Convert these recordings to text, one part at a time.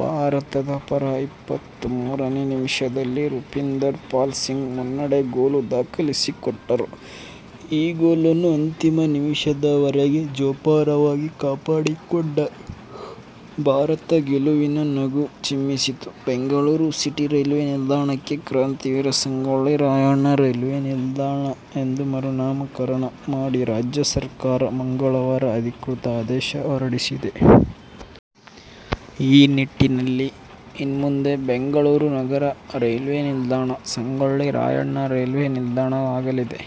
ಭಾರತದ ಪರ ಇಪ್ಪತ್ತಮೂರನೇ ನಿಮಿಷದಲ್ಲಿ ರೂಪಿಂದರ್ ಪಾಲ್ ಸಿಂಗ್ ಮುನ್ನಡೆ ಗೋಲು ದಾಖಲಿಸಿಕೊಟ್ಟರು. ಈ ಗೋಲನ್ನು ಅಂತಿಮ ನಿಮಿಷದವರೆಗೆ ಜೋಪಾನವಾಗಿ ಕಾಪಾಡಿಕೊಂಡ ಭಾರತ ಗೆಲುವಿನ ನಗು ಚಿಮ್ಮಿಸಿತು. ಬೆಂಗಳೂರು ಸಿಟಿ ರೈಲ್ವೆ ನಿಲ್ದಾಣಕ್ಕೆ ಕ್ರಾಂತಿವೀರ ಸಂಗೊಳ್ಳಿ ರಾಯಣ್ಣ ರೈಲ್ವೆ ನಿಲ್ದಾಣ ಎಂದು ಮರುನಾಮಕರಣ ಮಾಡಿ ರಾಜ್ಯ ಸರ್ಕಾರ ಮಂಗಳವಾರ ಅಧಿಕೃತ ಆದೇಶ ಹೊರಡಿಸಿದೆ. ಆ ನಿಟ್ಟಿನಲ್ಲಿ ಇನ್ಮುಂದೆ ಬೆಂಗಳೂರು ನಗರ ರೈಲ್ವೆ ನಿಲ್ದಾಣ ಸಂಗೊಳ್ಳಿ ರಾಯಣ್ಣ ರೈಲ್ವೆ ನಿಲ್ದಾಣವಾಗಲಿದೆ.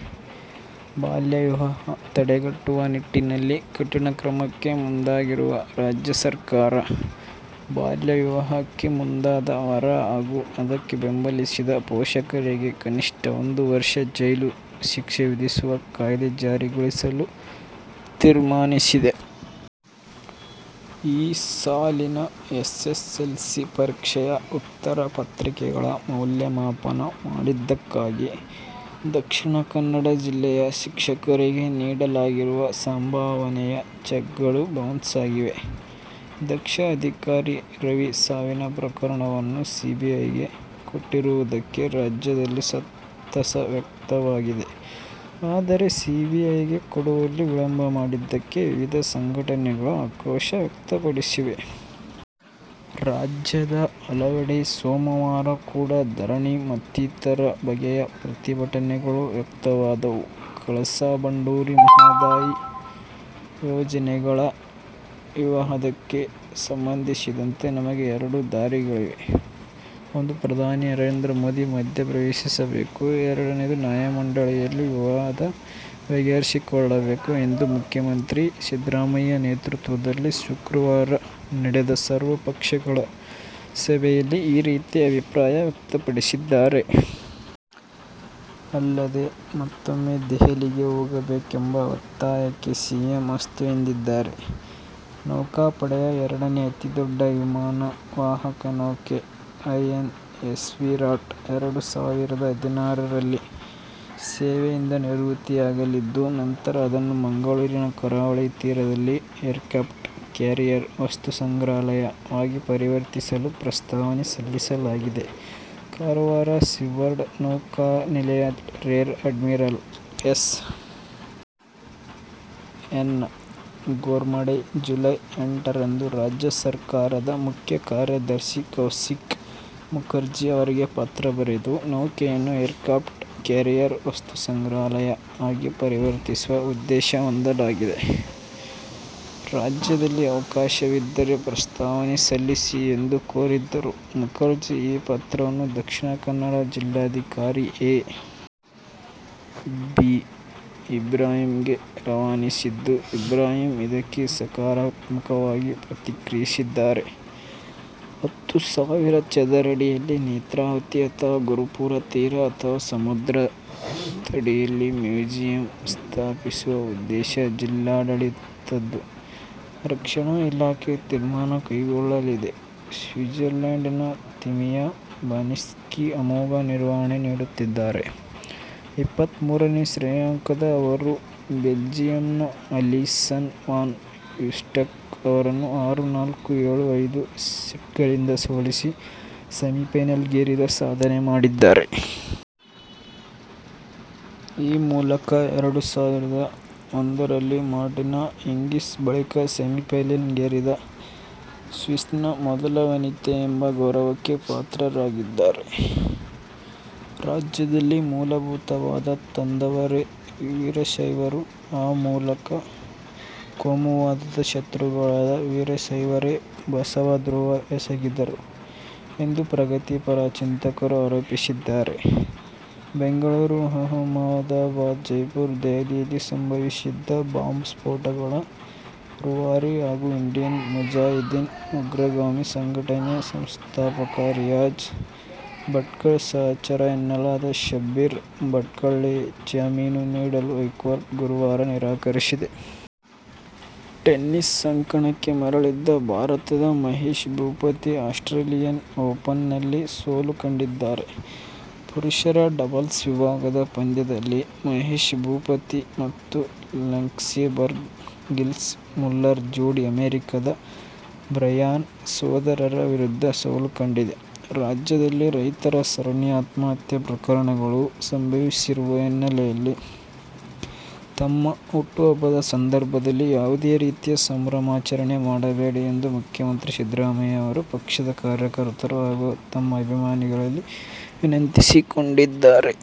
ಬಾಲ್ಯ ವಿವಾಹ ತಡೆಗಟ್ಟುವ ನಿಟ್ಟಿನಲ್ಲಿ ಕಠಿಣ ಕ್ರಮಕ್ಕೆ ಮುಂದಾಗಿರುವ ರಾಜ್ಯ ಸರ್ಕಾರ, ಬಾಲ್ಯವಿವಾಹಕ್ಕೆ ಮುಂದಾದ ವರ ಹಾಗೂ ಅದಕ್ಕೆ ಬೆಂಬಲಿಸಿದ ಪೋಷಕರಿಗೆ ಕನಿಷ್ಠ ಒಂದು ವರ್ಷ ಜೈಲು ಶಿಕ್ಷೆ ವಿಧಿಸುವ ಕಾಯ್ದೆ ಜಾರಿಗೊಳಿಸಲು ತೀರ್ಮಾನಿಸಿದೆ. ಈ ಸಾಲಿನ ಎಸ್ಎಸ್ಎಲ್ಸಿ ಪರೀಕ್ಷೆಯ ಉತ್ತರ ಪತ್ರಿಕೆಗಳ ಮೌಲ್ಯಮಾಪನ ಮಾಡಿದ್ದಕ್ಕಾಗಿ ದಕ್ಷಿಣ ಕನ್ನಡ ಜಿಲ್ಲೆಯ ಶಿಕ್ಷಕರಿಗೆ ನೀಡಲಾಗಿರುವ ಸಂಭಾವನೆಯ ಚೆಕ್ಗಳು ಬೌನ್ಸ್ ಆಗಿವೆ. ದಕ್ಷ ಅಧಿಕಾರಿ ರವಿ ಸಾವಿನ ಪ್ರಕರಣವನ್ನು ಸಿಬಿಐಗೆ ಕೊಟ್ಟಿರುವುದಕ್ಕೆ ರಾಜ್ಯದಲ್ಲಿ ಸಂತಸ ವ್ಯಕ್ತವಾಗಿದೆ. ಆದರೆ ಸಿಬಿಐಗೆ ಕೊಡುವಲ್ಲಿ ವಿಳಂಬ ಮಾಡಿದ್ದಕ್ಕೆ ವಿವಿಧ ಸಂಘಟನೆಗಳು ಆಕ್ರೋಶ ವ್ಯಕ್ತಪಡಿಸಿವೆ. ರಾಜ್ಯದ ಹಲವೆಡೆ ಸೋಮವಾರ ಕೂಡ ಧರಣಿ ಮತ್ತಿತರರ ಬಗೆಯ ಪ್ರತಿಭಟನೆಗಳು ವ್ಯಕ್ತವಾದವು. ಕಳಸಾ ಬಂಡೂರಿ ಮಹದಾಯಿ ಯೋಜನೆಗಳ ವಿವಾದಕ್ಕೆ ಸಂಬಂಧಿಸಿದಂತೆ ನಮಗೆ ಎರಡು ದಾರಿಗಳಿವೆ. ಒಂದು ಪ್ರಧಾನಿ ನರೇಂದ್ರ ಮೋದಿ ಮಧ್ಯಪ್ರವೇಶಿಸಬೇಕು, ಎರಡನೇಯದು ನ್ಯಾಯಮಂಡಳಿಯಲ್ಲಿ ವಿವಾದ ಬಗೆಹರಿಸಿಕೊಳ್ಳಬೇಕು ಎಂದು ಮುಖ್ಯಮಂತ್ರಿ ಸಿದ್ದರಾಮಯ್ಯ ನೇತೃತ್ವದಲ್ಲಿ ಶುಕ್ರವಾರ ನಡೆದ ಸರ್ವಪಕ್ಷಗಳ ಸಭೆಯಲ್ಲಿ ಈ ರೀತಿ ಅಭಿಪ್ರಾಯ ವ್ಯಕ್ತಪಡಿಸಿದ್ದಾರೆ. ಅಲ್ಲದೇ ಮತ್ತೊಮ್ಮೆ ದೆಹಲಿಗೆ ಹೋಗಬೇಕೆಂಬ ಒತ್ತಾಯಕ್ಕೆ ಸಿಎಂ ಅಸ್ತು ಎಂದಿದ್ದಾರೆ. ನೌಕಾಪಡೆಯ ಎರಡನೇ ಅತಿದೊಡ್ಡ ವಿಮಾನವಾಹಕ ನೌಕೆ "ಐಎನ್ಎಸ್ವಿರಾಟ್' ಎರಡು ಸಾವಿರದ ಹದಿನಾರರಲ್ಲಿ ಸೇವೆಯಿಂದ ನಿವೃತ್ತಿಯಾಗಲಿದ್ದು, ನಂತರ ಅದನ್ನು ಮಂಗಳೂರಿನ ಕರಾವಳಿ ತೀರದಲ್ಲಿ "ಏರ್ಕ್ರಾಪ್ಟ್ ಕ್ಯಾರಿಯರ್ ವಸ್ತು ಸಂಗ್ರಹಾಲಯ' ವಾಗಿ ಪರಿವರ್ತಿಸಲು ಪ್ರಸ್ತಾವನೆ ಸಲ್ಲಿಸಲಾಗಿದೆ. ಕಾರವಾರ ಸೀಬರ್ಡ್ ನೌಕಾನೆಲೆಯ rear admiral S. N. Ghormade July ಎಂಟರಂದು ರಾಜ್ಯ ಸರಕಾರದ ಮುಖ್ಯ ಕಾರ್ಯದರ್ಶಿ ಕೌಶಿಕ್ ಮುಖರ್ಜಿ ಅವರಿಗೆ ಪತ್ರ ಬರೆದು, ನೌಕೆಯನ್ನು "ಏರ್ಕ್ರಾಪ್ಟ್ ಕ್ಯಾರಿಯರ್ ವಸ್ತು ಸಂಗ್ರಹಾಲಯ' ಆಗಿ ಪರಿವರ್ತಿಸುವ ಉದ್ದೇಶ ಹೊಂದಲಾಗಿದೆ. ರಾಜ್ಯದಲ್ಲಿ ಅವಕಾಶವಿದ್ದರೆ ಪ್ರಸ್ತಾವನೆ ಸಲ್ಲಿಸಿ ಎಂದು ಕೋರಿದ್ದರು. ಮುಖರ್ಜಿ ಈ ಪತ್ರವನ್ನು ದಕ್ಷಿಣ ಕನ್ನಡ ಜಿಲ್ಲಾಧಿಕಾರಿ ಎ. ಬಿ. ಇಬ್ರಾಹಿಂಗೆ ರವಾನಿಸಿದ್ದು, ಇಬ್ರಾಹಿಂ ಇದಕ್ಕೆ ಸಕಾರಾತ್ಮಕವಾಗಿ ಪ್ರತಿಕ್ರಿಯಿಸಿದ್ದಾರೆ. ಹತ್ತು ಸಾವಿರ ಚದರಡಿಯಲ್ಲಿ ನೇತ್ರಾವತಿ ಅಥವಾ ಗುರುಪುರ ತೀರ ಅಥವಾ ಸಮುದ್ರ ತಡಿಯಲ್ಲಿ ಮ್ಯೂಸಿಯಂ ಸ್ಥಾಪಿಸುವ ಉದ್ದೇಶ ಜಿಲ್ಲಾಡಳಿತದ್ದು. ರಕ್ಷಣಾ ಇಲಾಖೆ ತೀರ್ಮಾನ ಕೈಗೊಳ್ಳಲಿದೆ. ಸ್ವಿಟ್ಸರ್ಲ್ಯಾಂಡಿನ ತಿಮಿಯಾ ಬಾಸಿನ್ಸ್ಕಿ ಅಮೋಘ ನಿರ್ವಹಣೆ ನೀಡುತ್ತಿದ್ದಾರೆ. ಇಪ್ಪತ್ತಮೂರನೇ ಶ್ರೇಯಾಂಕದ ಅವರು ಬೆಲ್ಜಿಯಂನ ಅಲಿಸನ್ ವಾನ್ ಯೂಸ್ಟಂಕ್ ಅವರನ್ನು ಆರು-ನಾಲ್ಕು, ಏಳು-ಐದು ಸೆಟ್ಗಳಿಂದ ಸೋಲಿಸಿ ಸೆಮಿಫೈನಲಿಗೇರಿದ ಸಾಧನೆ ಮಾಡಿದ್ದಾರೆ. ಈ ಮೂಲಕ ಎರಡು ಸಾವಿರದ ಒಂದರಲ್ಲಿ ಮಾರ್ಟಿನಾ ಹಿಂಗಿಸ್ ಬಳಿಕ ಸೆಮಿಫೈನಲಿಗೇರಿದ ಸ್ವಿಸ್ನ ಮೊದಲ ವನಿತೆ ಎಂಬ ಗೌರವಕ್ಕೆ ಪಾತ್ರರಾಗಿದ್ದಾರೆ. ರಾಜ್ಯದಲ್ಲಿ ಮೂಲಭೂತವಾದ ತಂದವರೇ ವೀರಶೈವರು. ಆ ಮೂಲಕ ಕೋಮುವಾದದ ಶತ್ರುಗಳಾದ ವೀರಶೈವರೇ ಬಸವ ದ್ರೋಹ ಎಸಗಿದರು ಎಂದು ಪ್ರಗತಿಪರ ಚಿಂತಕರು ಆರೋಪಿಸಿದ್ದಾರೆ. ಬೆಂಗಳೂರು, ಅಹಮದಾಬಾದ್, ಜೈಪುರ, ದೆಹಲಿಯಲ್ಲಿ ಸಂಭವಿಸಿದ್ದ ಬಾಂಬ್ ಸ್ಫೋಟಗಳ ರೂವಾರಿ ಹಾಗೂ ಇಂಡಿಯನ್ ಮುಜಾಹಿದೀನ್ ಉಗ್ರಗಾಮಿ ಸಂಘಟನೆಯ ಸಂಸ್ಥಾಪಕ ರಿಯಾಜ್ ಭಟ್ಕಳ್ ಸಹಚರ ಎನ್ನಲಾದ ಶಬ್ಬೀರ್ ಭಟ್ಕಳ್ಗೆಜಾಮೀನು ನೀಡಲು ಹೈಕೋರ್ಟ್ ಗುರುವಾರ ನಿರಾಕರಿಸಿದೆ. ಟೆನಿಸ್ ಅಂಕಣಕ್ಕೆ ಮರಳಿದ್ದ ಭಾರತದ ಮಹೇಶ್ ಭೂಪತಿ ಆಸ್ಟ್ರೇಲಿಯನ್ ಓಪನ್ನಲ್ಲಿ ಸೋಲು ಕಂಡಿದ್ದಾರೆ. ಪುರುಷರ ಡಬಲ್ಸ್ ವಿಭಾಗದ ಪಂದ್ಯದಲ್ಲಿ ಮಹೇಶ್ ಭೂಪತಿ ಮತ್ತು ಲಕ್ಸೆಂಬರ್ಗ್ನ ಗಿಲ್ಸ್ ಮುಲ್ಲರ್ ಜೋಡಿ ಅಮೆರಿಕದ ಬ್ರಯಾನ್ ಸೋದರರ ವಿರುದ್ಧ ಸೋಲು ಕಂಡಿದೆ. ರಾಜ್ಯದಲ್ಲಿ ರೈತರ ಸರಣಿ ಆತ್ಮಹತ್ಯೆ ಪ್ರಕರಣಗಳು ಸಂಭವಿಸಿರುವ ಹಿನ್ನೆಲೆಯಲ್ಲಿ ತಮ್ಮ ಹುಟ್ಟುಹಬ್ಬದ ಸಂದರ್ಭದಲ್ಲಿ ಯಾವುದೇ ರೀತಿಯ ಸಂಭ್ರಮಾಚರಣೆ ಮಾಡಬೇಡಿ ಎಂದು ಮುಖ್ಯಮಂತ್ರಿ ಸಿದ್ದರಾಮಯ್ಯ ಅವರು ಪಕ್ಷದ ಕಾರ್ಯಕರ್ತರು ಹಾಗೂ ತಮ್ಮ ಅಭಿಮಾನಿಗಳಲ್ಲಿ ವಿನಂತಿಸಿಕೊಂಡಿದ್ದಾರೆ.